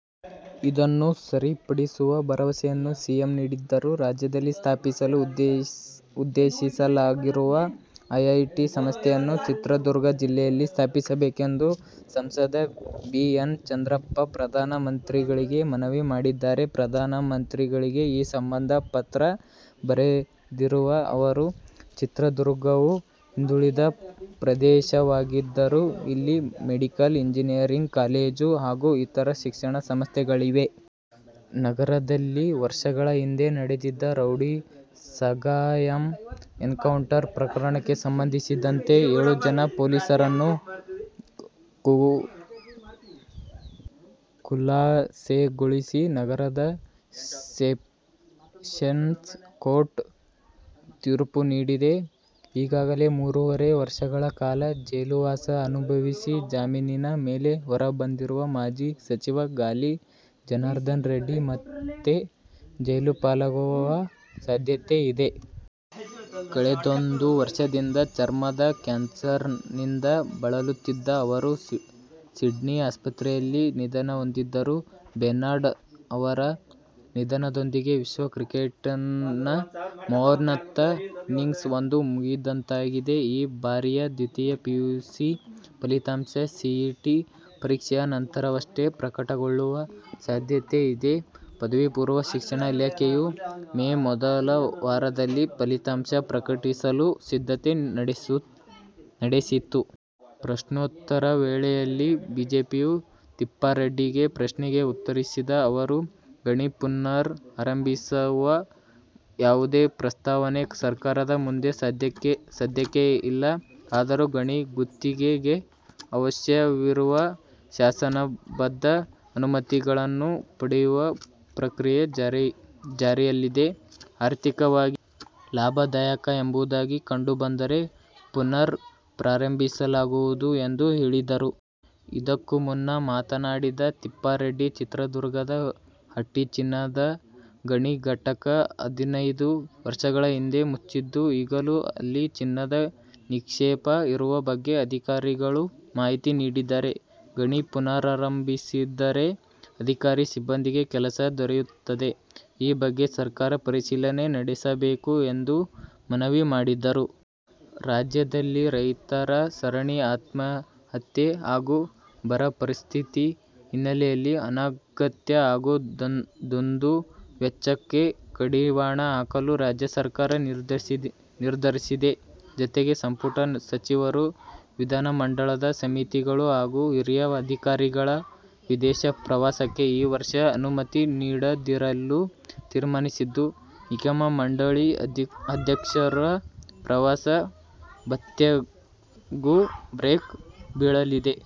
ಇದನ್ನು ಸರಿಪಡಿಸುವ ಭರವಸೆಯನ್ನು ಸಿಎಂ ನೀಡಿದ್ದರು. ರಾಜ್ಯದಲ್ಲಿ ಸ್ಥಾಪಿಸಲು ಉದ್ದೇಶಿಸಲಾಗಿರುವ ಐಐಟಿ ಸಂಸ್ಥೆಯನ್ನು ಚಿತ್ರದುರ್ಗ ಜಿಲ್ಲೆಯಲ್ಲಿ ಸ್ಥಾಪಿಸಬೇಕೆಂದು ಸಂಸದ ಬಿ. ಎನ್. ಚಂದ್ರಪ್ಪ ಪ್ರಧಾನ ಮಂತ್ರಿಗಳಿಗೆ ಮನವಿ ಮಾಡಿದ್ದಾರೆ. ಪ್ರಧಾನ ಮಂತ್ರಿಗಳಿಗೆ ಈ ಸಂಬಂಧ ಪತ್ರ ಬರೆದಿರುವ ಅವರು, ಚಿತ್ರದುರ್ಗವು ಹಿಂದುಳಿದ ಪ್ರದೇಶವಾಗಿದ್ದರೂ ಇಲ್ಲಿ ಮೆಡಿಕಲ್, ಇಂಜಿನಿಯರಿಂಗ್ ಕಾಲೇಜು ಹಾಗೂ ಇತರ ಶಿಕ್ಷಣ ಸಂಸ್ಥೆಗಳಿವೆ. ನಗರದಲ್ಲಿ ವರ್ಷಗಳ ಹಿಂದೆ ನಡೆದಿದ್ದ ರೌಡಿ ಸಗಾಯಮ್ ಎನ್ಕೌಂಟರ್ ಪ್ರಕರಣಕ್ಕೆ ಸಂಬಂಧಿಸಿದಂತೆ ಏಳು ಜನ ಪೊಲೀಸರನ್ನು ಖುಲಾಸೆಗೊಳಿಸಿ ನಗರದ ಸೆಷೆನ್ಸ್ ಕೋರ್ಟ್ ತೀರ್ಪು ನೀಡಿದೆ. ಈಗಾಗಲೇ ಮೂರುವರೆ ವರ್ಷಗಳ ಕಾಲ ಜೈಲುವಾಸ ಅನುಭವಿಸಿ ಜಾಮೀನಿನ ಮೇಲೆ ಹೊರ ಬಂದಿರುವ ಮಾಜಿ ಸಚಿವ ಗಾಲಿ ಜನಾರ್ದನ ರೆಡ್ಡಿ ಮತ್ತೆ ಜೈಲುಪಾಲಾಗುವ ಸಾಧ್ಯತೆ ಇದೆ. ಕಳೆದೊಂದ ವರ್ಷದಿಂದ ಚರ್ಮದ ಕ್ಯಾನ್ಸರ್ನಿಂದ ಬಳಲುತ್ತಿದ್ದ ಅವರು ಸಿಡ್ನಿ ಆಸ್ಪತ್ರೆಯಲ್ಲಿ ನಿಧನಹೊಂದಿದರು. ಬೆನಾಡ್ ಅವರ ನಿಧನದೊಂದಿಗೆ ವಿಶ್ವ ಕ್ರಿಕೆಟಿನ ಮಹೋನ್ನತ ಇನ್ನಿಂಗ್ಸ್ ಒಂದು ಮುಗಿದಂತಾಗಿದೆ. ಈ ಬಾರಿಯ ದ್ವಿತೀಯ ಪಿಯುಸಿ ಫಲಿತಾಂಶ ಸಿಇಟಿ ಪರೀಕ್ಷೆಯ ನಂತರವಷ್ಟೇ ಪ್ರಕಟಗೊಳ್ಳುವ ಸಾಧ್ಯತೆಯಿದೆ. ಪದವಿ ಪೂರ್ವ ಶಿಕ್ಷಣ ಇಲಾಖೆಯು ಮೇ ಮೊದಲ ವಾರದಲ್ಲಿ ಫಲಿತಾಂಶ ಪ್ರಕಟಿಸಲು ಸಿದ್ಧತೆ ನಡೆಸಿತ್ತು. ಪ್ರಶ್ನೋತ್ತರ ವೇಳೆಯಲ್ಲಿ ಬಿಜೆಪಿಯ ತಿಪ್ಪಾರೆಡ್ಡಿಗೆ ಪ್ರಶ್ನೆಗೆ ಉತ್ತರಿಸಿದ ಅವರು, ಗಣಿ ಪುನರ್ ಆರಂಭಿಸುವ ಯಾವುದೇ ಪ್ರಸ್ತಾವನೆ ಸರ್ಕಾರದ ಮುಂದೆ ಸದ್ಯಕ್ಕೆ ಇಲ್ಲ. ಆದರೂ ಗಣಿ ಗುತ್ತಿಗೆಗೆ ಅವಶ್ಯವಿರುವ ಶಾಸನಬದ್ಧ ಅನುಮತಿಗಳನ್ನು ಪಡೆಯುವ ಪ್ರಕ್ರಿಯೆ ಜಾರಿಯಲ್ಲಿದೆ. ಆರ್ಥಿಕವಾಗಿ ಲಾಭದಾಯಕ ಎಂಬುದಾಗಿ ಕಂಡುಬಂದರೆ ಪುನರ್ ಪ್ರಾರಂಭಿಸಲಾಗುವುದು ಎಂದು ಹೇಳಿದರು. ಇದಕ್ಕೂ ಮುನ್ನ ಮಾತನಾಡಿದ ತಿಪ್ಪಾರೆಡ್ಡಿ, ಚಿತ್ರದುರ್ಗದ ಹಟ್ಟಿ ಚಿನ್ನದ ಗಣಿ ಘಟಕ ಹದಿನೈದು ವರ್ಷಗಳ ಹಿಂದೆ ಮುಚ್ಚಿದ್ದು, ಈಗಲೂ ಅಲ್ಲಿ ಚಿನ್ನದ ನಿಕ್ಷೇಪ ಇರುವ ಬಗ್ಗೆ ಅಧಿಕಾರಿಗಳು ಮಾಹಿತಿ ನೀಡಿದ್ದಾರೆ. ಗಣಿ ಪುನರಾರಂಭಿಸಿದರೆ ಅಧಿಕಾರಿ-ಸಿಬ್ಬಂದಿಗೆ ಕೆಲಸ ದೊರೆಯುತ್ತದೆ. ಈ ಬಗ್ಗೆ ಸರ್ಕಾರ ಪರಿಶೀಲನೆ ನಡೆಸಬೇಕು ಎಂದು ಮನವಿ ಮಾಡಿದರು. ರಾಜ್ಯದಲ್ಲಿ ರೈತರ ಸರಣಿ ಆತ್ಮಹತ್ಯೆ ಹಾಗೂ ಬರ ಪರಿಸ್ಥಿತಿ ಹಿನ್ನೆಲೆಯಲ್ಲಿ ಅನಗತ್ಯ ಹಾಗೂ ದುಂದು ವೆಚ್ಚಕ್ಕೆ ಕಡಿವಾಣ ಹಾಕಲು ರಾಜ್ಯ ಸರ್ಕಾರ ನಿರ್ಧರಿಸಿದೆ. ಜತೆಗೆ ಸಂಪುಟ ಸಚಿವರು, ವಿಧಾನಮಂಡಲದ ಸಮಿತಿಗಳು ಹಾಗೂ ಹಿರಿಯ ಅಧಿಕಾರಿಗಳ ವಿದೇಶ ಪ್ರವಾಸಕ್ಕೆ ಈ ವರ್ಷ ಅನುಮತಿ ನೀಡದಿರಲು ತೀರ್ಮಾನಿಸಿದ್ದು, ನಿಗಮ-ಮಂಡಳಿ ಅಧ್ಯಕ್ಷರ ಪ್ರವಾಸ ಭತ್ಯೆಗೂ ಬ್ರೇಕ್ ಬೀಳಲಿದೆ.